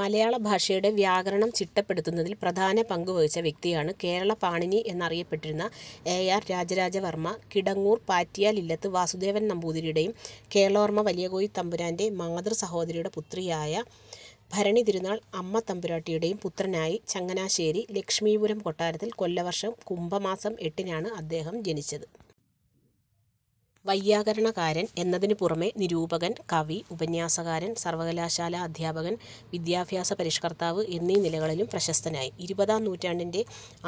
മലയാള ഭാഷയുടെ വ്യാകരണം ചിട്ടപ്പെടുത്തുന്നതിൽ പ്രധാന പങ്കുവഹിച്ച വ്യക്തിയാണ് കേരള പാണിനി എന്ന് അറിയപ്പെട്ടിരുന്ന എ. ആർ. രാജരാജവർമ്മ കിടങ്ങൂർ പാറ്റിയാൽ ഇല്ലത്ത് വാസുദേവൻ നമ്പൂതിരിയുടേയും കേരളവർമ്മ വലിയ കോയിത്തമ്പുരാൻ്റെ മാതൃസഹോദരിയുടെ പുത്രിയായ ഭരണിതിരുനാൾ അമ്മത്തമ്പുരാട്ടിയുടേയും പുത്രനായി ചങ്ങനാശ്ശേരി ലക്ഷ്മീപുരം കൊട്ടാരത്തിൽ കൊല്ലവർഷം കുംഭമാസം എട്ടിനാണ് അദ്ദേഹം ജനിച്ചത്. വൈയാകരണകാരൻ എന്നതിനുപുറമേ, നിരൂപകൻ, കവി, ഉപന്യാസകാരൻ, സർവകലാശാലാ അധ്യാപകൻ, വിദ്യാഭ്യാസ പരിഷ്കർത്താവ് എന്നീ നിലകളിലും പ്രശസ്തനായി. ഇരുപതാം നൂറ്റാണ്ടിൻ്റെ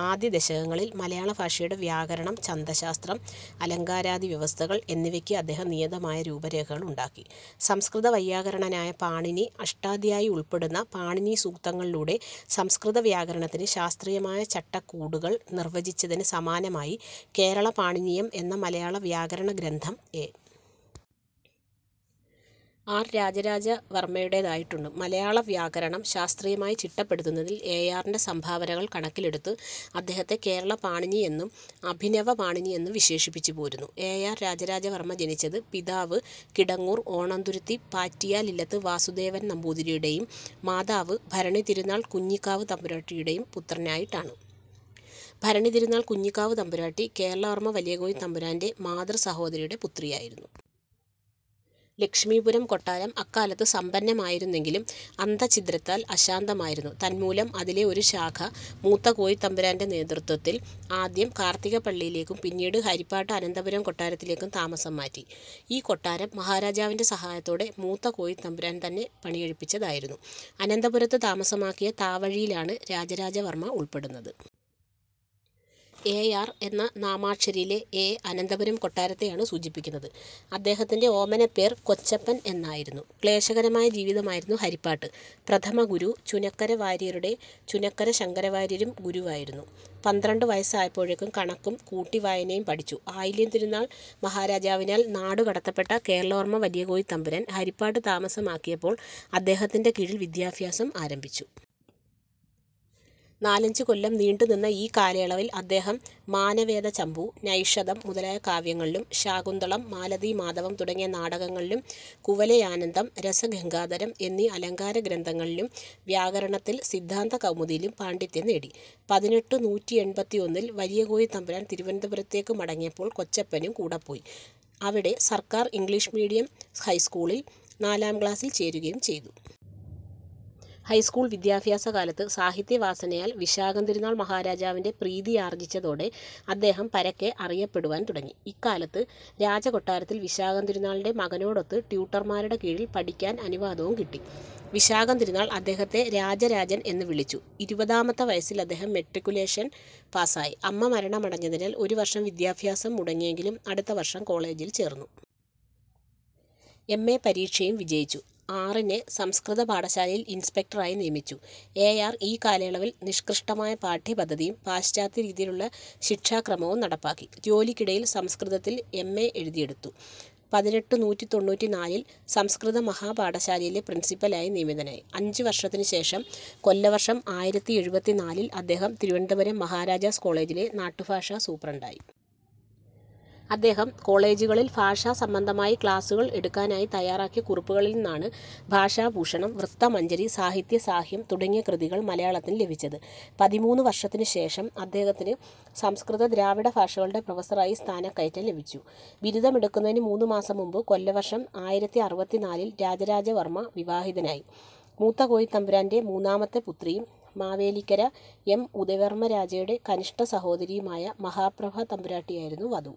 ആദ്യദശകങ്ങളിൽ മലയാളഭാഷയുടെ വ്യാകരണം, ഛന്ദശാസ്ത്രം, അലങ്കാരാദിവ്യവസ്ഥകൾ എന്നിവയ്ക്ക് അദ്ദേഹം നിയതമായ രൂപരേഖകളുണ്ടാക്കി. സംസ്കൃതവൈയാകരണനായ പാണിനി അഷ്ടാധ്യായി ഉൾപ്പെടുന്ന പാണിനീസൂക്തങ്ങളിലൂടെ സംസ്കൃതവ്യാകരണത്തിന് ശാസ്ത്രീയമായ ചട്ടക്കൂടുകൾ നിർവചിച്ചതിന് സമാനമായി കേരളപാണിനീയം എന്ന മലയാളവ്യാകരണ ഗ്രന്ഥം എ. ആർ. രാജരാജവർമ്മയുടേതായിട്ടുണ്ട്. മലയാളവ്യാകരണം ശാസ്ത്രീയമായി ചിട്ടപ്പെടുത്തുന്നതിൽ എ. ആറിൻ്റെ സംഭാവനകൾ കണക്കിലെടുത്ത് അദ്ദേഹത്തെ കേരളപാണിനി എന്നും അഭിനവപാണിനി എന്നും വിശേഷിപ്പിച്ചുപോരുന്നു.എ. ആർ. രാജരാജവർമ്മ ജനിച്ചത് പിതാവ് കിടങ്ങൂർ ഓണന്തുരുത്തി പാറ്റിയാൽ ഇല്ലത്ത് വാസുദേവൻ നമ്പൂതിരിയുടെയും മാതാവ് ഭരണിതിരുനാൾ കുഞ്ഞിക്കാവ് തമ്പുരാട്ടിയുടെയും പുത്രനായിട്ടാണ്. ഭരണിതിരുനാൾ കുഞ്ഞിക്കാവ് തമ്പുരാട്ടി കേരളവർമ്മ വലിയ കോയിത്തമ്പുരാൻ്റെ മാതൃസഹോദരിയുടെ പുത്രിയായിരുന്നു. ലക്ഷ്മീപുരം കൊട്ടാരം അക്കാലത്ത് സമ്പന്നമായിരുന്നെങ്കിലും അന്തഃച്ഛിദ്രത്താൽ അശാന്തമായിരുന്നു. തന്മൂലം അതിലെ ഒരു ശാഖ മൂത്ത കോയിത്തമ്പുരാൻ്റെ നേതൃത്വത്തിൽ ആദ്യം കാർത്തികപ്പള്ളിയിലേക്കും പിന്നീട് ഹരിപ്പാട്ട് അനന്തപുരം കൊട്ടാരത്തിലേക്കും താമസം മാറ്റി. ഈ കൊട്ടാരം മഹാരാജാവിൻ്റെ സഹായത്തോടെ മൂത്ത കോയിത്തമ്പുരാൻ തന്നെ പണി കഴിപ്പിച്ചതായിരുന്നു. അനന്തപുരത്ത് താമസമാക്കിയ താവഴിയിലാണ് രാജരാജവർമ്മ ഉൾപ്പെടുന്നത്. എ. ആർ. എന്ന നാമാക്ഷരിയിലെ എ അനന്തപുരം കൊട്ടാരത്തെയാണ് സൂചിപ്പിക്കുന്നത്. അദ്ദേഹത്തിൻ്റെ ഓമനപ്പേർ കൊച്ചപ്പൻ എന്നായിരുന്നു. ക്ലേശകരമായ ജീവിതമായിരുന്നു ഹരിപ്പാട്ട്. പ്രഥമഗുരു ചുനക്കര വാര്യരുടെ. ചുനക്കര ശങ്കരവാര്യരും ഗുരുവായിരുന്നു. പന്ത്രണ്ട് വയസ്സായപ്പോഴേക്കും കണക്കും കൂട്ടിവായനയും പഠിച്ചു. ആയില്യം തിരുനാൾ മഹാരാജാവിനാൽ നാടുകടത്തപ്പെട്ട കേരളവർമ്മ വലിയ കോയിത്തമ്പുരാൻ ഹരിപ്പാട്ട് താമസമാക്കിയപ്പോൾ അദ്ദേഹത്തിൻ്റെ കീഴിൽ വിദ്യാഭ്യാസം ആരംഭിച്ചു. നാലഞ്ചുകൊല്ലം നീണ്ടുനിന്ന ഈ കാലയളവിൽ അദ്ദേഹം മാനവേദചമ്പു, നൈഷധം മുതലായ കാവ്യങ്ങളിലും ശാകുന്തളം, മാലതീമാധവം തുടങ്ങിയ നാടകങ്ങളിലും കുവലയാനന്ദം, രസഗംഗാധരം എന്നീ അലങ്കാരഗ്രന്ഥങ്ങളിലും വ്യാകരണത്തിൽ സിദ്ധാന്തകൗമുദിയിലും പാണ്ഡിത്യം നേടി. പതിനെട്ടുനൂറ്റി എൺപത്തിയൊന്നിൽ വലിയ കോയിത്തമ്പുരാൻ തിരുവനന്തപുരത്തേക്ക് മടങ്ങിയപ്പോൾ കൊച്ചപ്പനും കൂടെ പോയി. അവിടെ സർക്കാർ ഇംഗ്ലീഷ് മീഡിയം ഹൈസ്കൂളിൽ നാലാം ക്ലാസിൽ ചേരുകയും ചെയ്തു. ഹൈസ്കൂൾ വിദ്യാഭ്യാസകാലത്ത് സാഹിത്യവാസനയാൽ വിശാഖം തിരുനാൾ മഹാരാജാവിൻ്റെ പ്രീതിയാർജിച്ചതോടെ അദ്ദേഹം പരക്കെ അറിയപ്പെടുവാൻ തുടങ്ങി. ഇക്കാലത്ത് രാജകൊട്ടാരത്തിൽ വിശാഖം തിരുനാളിൻ്റെ മകനോടൊത്ത് ട്യൂട്ടർമാരുടെ കീഴിൽ പഠിക്കാൻ അനുവാദവും കിട്ടി. വിശാഖം തിരുനാൾ അദ്ദേഹത്തെ രാജരാജൻ എന്ന് വിളിച്ചു. ഇരുപതാമത്തെ വയസ്സിൽ അദ്ദേഹം മെട്രിക്കുലേഷൻ പാസായി. അമ്മ മരണമടഞ്ഞതിനാൽ ഒരുവർഷം വിദ്യാഭ്യാസം മുടങ്ങിയെങ്കിലും അടുത്തവർഷം കോളേജിൽ ചേർന്നു. എ. എ. പരീക്ഷയും വിജയിച്ചു. ആറിനെ സംസ്കൃത പാഠശാലയിൽ ഇൻസ്പെക്ടറായി നിയമിച്ചു. എ. ആർ. ഈ കാലയളവിൽ നിഷ്കൃഷ്ടമായ പാഠ്യപദ്ധതിയും പാശ്ചാത്യരീതിയിലുള്ള ശിക്ഷാക്രമവും നടപ്പാക്കി. ജോലിക്കിടയിൽ സംസ്കൃതത്തിൽ എം. എ. എഴുതിയെടുത്തു. പതിനെട്ടുനൂറ്റി തൊണ്ണൂറ്റിനാലിൽ സംസ്കൃത മഹാപാഠശാലയിലെ പ്രിൻസിപ്പലായി നിയമിതനായി. അഞ്ചുവർഷത്തിനുശേഷം, കൊല്ലവർഷം ആയിരത്തി എഴുപത്തിനാലിൽ അദ്ദേഹം തിരുവനന്തപുരം മഹാരാജാസ് കോളേജിലെ നാട്ടുഫാഷാ സൂപ്രണ്ടായി. അദ്ദേഹം കോളേജുകളിൽ ഫാഷാസംബന്ധമായി ക്ലാസുകൾ എടുക്കാനായി തയ്യാറാക്കിയ കുറിപ്പുകളിൽ നിന്നാണ് ഭാഷാഭൂഷണം, വൃത്തമഞ്ജരി, സാഹിത്യസാഹ്യം തുടങ്ങിയ കൃതികൾ മലയാളത്തിന് ലഭിച്ചത്. പതിമൂന്ന് വർഷത്തിനുശേഷം അദ്ദേഹത്തിന് സംസ്കൃത ദ്രാവിഡ ഭാഷകളുടെ പ്രൊഫസറായി സ്ഥാനക്കയറ്റം ലഭിച്ചു. ബിരുദമെടുക്കുന്നതിന് മൂന്നുമാസം മുമ്പ് കൊല്ലവർഷം ആയിരത്തി അറുപത്തിനാലിൽ രാജരാജവർമ്മ വിവാഹിതനായി. മൂത്ത കോയിത്തമ്പുരാൻ്റെ മൂന്നാമത്തെ പുത്രിയും മാവേലിക്കര എം. ഉദയവർമ്മരാജായുടെ കനിഷ്ഠസഹോദരിയുമായ മഹാപ്രഭ തമ്പുരാട്ടിയായിരുന്നു വധു.